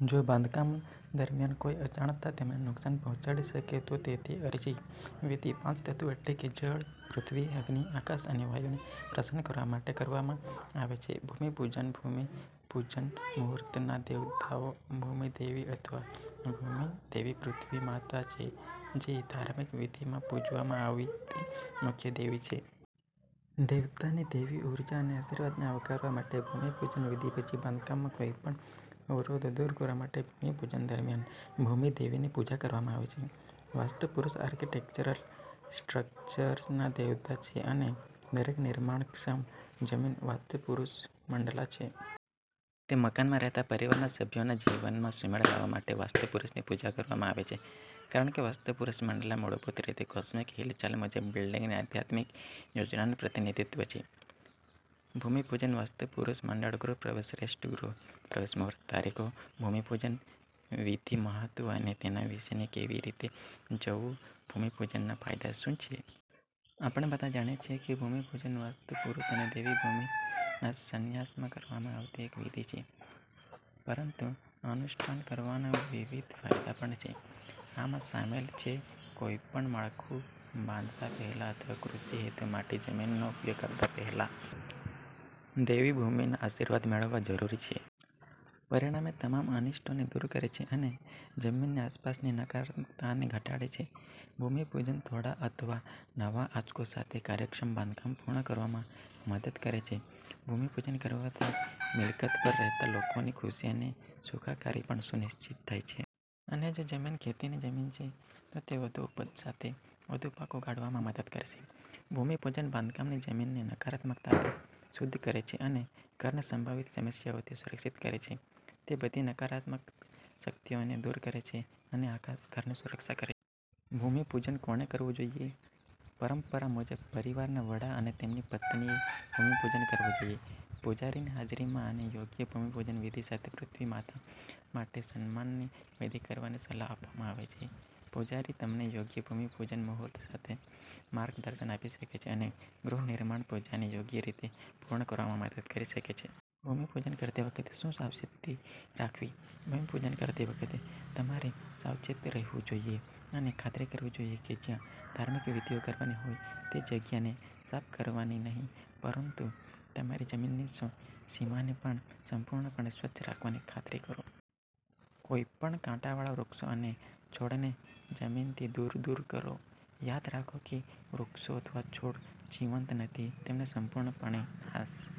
જો બાંધકામના કામ દરમિયાન કોઈ અજાણતા તેમને નુકસાન પહોંચાડી શકે તો, તેથી, અરજી. વિધિ પાંચ તત્વો એટલે કે જળ, પૃથ્વી, અગ્નિ, આકાશ અને વાયુને પ્રસન્ન કરવા માટે કરવામાં આવે છે. ભૂમિ પૂજનભૂમિ પૂજન મુહૂર્તના દેવતાઓ ભૂમિ દેવી અથવા ભૂમિ દેવીપૃથ્વી માતા છે જેધાર્મિક વિધિમાં પૂજવામાં આવતી મુખ્ય દેવી છે. દેવતાની દૈવી ઉર્જા અને આશીર્વાદને આવકારવા માટે, ભૂમિ પૂજન વિધિ પછી બાંધકામમાં કોઈપણ અવરોધો દૂર કરવા માટે ભૂમિ પૂજન દરમિયાન ભૂમિ દેવીની પૂજા કરવામાં આવે છે. વાસ્તુ પુરૂષઆર્કિટેક્ચરલ સ્ટ્રક્ચર્સના દેવતા છે, અને દરેક નિર્માણક્ષમ જમીન 'વાસ્તુ પુરુષ મંડલા' છે. તે મકાનમાં રહેતા પરિવારના સભ્યોના જીવનમાં સુમેળ લાવવા માટે વાસ્તુ પુરૂષની પૂજા કરવામાં આવે છે, કારણ કે વાસ્તુ પુરૂષ મંડલા મૂળભૂત રીતે કોસ્મિક હિલચાલ મુજબ બિલ્ડિંગની આધ્યાત્મિક યોજનાનું પ્રતિનિધિત્વ છે. ભૂમિ પૂજન વાસ્તુ પુરુષ મંડળ ગૃહ પ્રવેશશ્રેષ્ઠ ગૃહ પ્રવેશ મુહૂર્ત તારીખો, ભૂમિ પૂજન વિધિમહત્વ અને તેના વિશે કેવી રીતે જવું, ભૂમિપૂજનના ફાયદા શું છે? આપણે બધા જાણીએ છીએ કે ભૂમિપૂજનવાસ્તુ પુરૂષ અને દેવી ભૂમિ ના સન્માનમાં કરવામાં આવતી એક વિધિ છે. પરંતુઅનુષ્ઠાન કરવાના વિવિધ ફાયદા પણ છે. આમાં શામેલ છેકોઈપણ માળખું બાંધતા પહેલા અથવા કૃષિ હેતુ માટે જમીનનો ઉપયોગ કરતા પહેલા, દેવી ભૂમિના આશીર્વાદ મેળવવા જરૂરી છે. પરિણામે, તમામ અનિષ્ટોને દૂર કરે છે અને જમીનની આસપાસની નકારાત્મકતાને ઘટાડે છે. ભૂમિપૂજન થોડા અથવા નવા આંચકો સાથે કાર્યક્ષમ બાંધકામ પૂર્ણ કરવામાં મદદ કરે છે. ભૂમિપૂજન કરવાથી મિલકત પર રહેતા લોકોની ખુશી અને સુખાકારી પણ સુનિશ્ચિત થાય છે. અને જો જમીન ખેતીની જમીન છે, તો તે વધુ ઉપજ સાથે વધુ પાક ઉગાડવામાં મદદ કરશે. ભૂમિપૂજન બાંધકામની જમીનને નકારાત્મકતાથી શુદ્ધ કરે છે અને ઘરને સંભવિત સમસ્યાઓથી સુરક્ષિત કરે છે. તે બધી નકારાત્મક શક્તિઓને દૂર કરે છે અને આખા ઘરની સુરક્ષા કરે છે. ભૂમિપૂજન કોણે કરવું જોઈએ? પરંપરા મુજબ, પરિવારના વડા અને તેમની પત્નીએ ભૂમિપૂજન કરવું જોઈએ. પૂજારીની હાજરીમાં અને યોગ્ય ભૂમિપૂજન વિધિ સાથે પૃથ્વી માતા માટેસન્માનની વિધિ કરવાની સલાહ આપવામાં આવે છે. પૂજારી તમને યોગ્ય ભૂમિ પૂજન મુહૂર્ત સાથે માર્ગદર્શન આપી શકે છે અને ગૃહ નિર્માણ પૂજાને યોગ્ય રીતે પૂર્ણ કરવામાં મદદ કરી શકે છે. ભૂમિપૂજન કરતી વખતે શું સાવચેતી રાખવી? ભૂમિપૂજન કરતી વખતે, તમારે સાવચેત રહેવું જોઈએ અને ખાતરી કરવી જોઈએ કે જ્યાં ધાર્મિક વિધિઓ કરવાની હોય તે જગ્યાને સાફ કરવાનીનહીં પરંતુ તમારી જમીનની સીમાને પણ સંપૂર્ણપણે સ્વચ્છ રાખવાની ખાતરી કરો. કોઈપણ કાંટાવાળા વૃક્ષો અને છોડને જમીનથી દૂર દૂર કરો. યાદ રાખો કે વૃક્ષો અથવા છોડ જીવંત નથીતેમને સંપૂર્ણપણે નાશ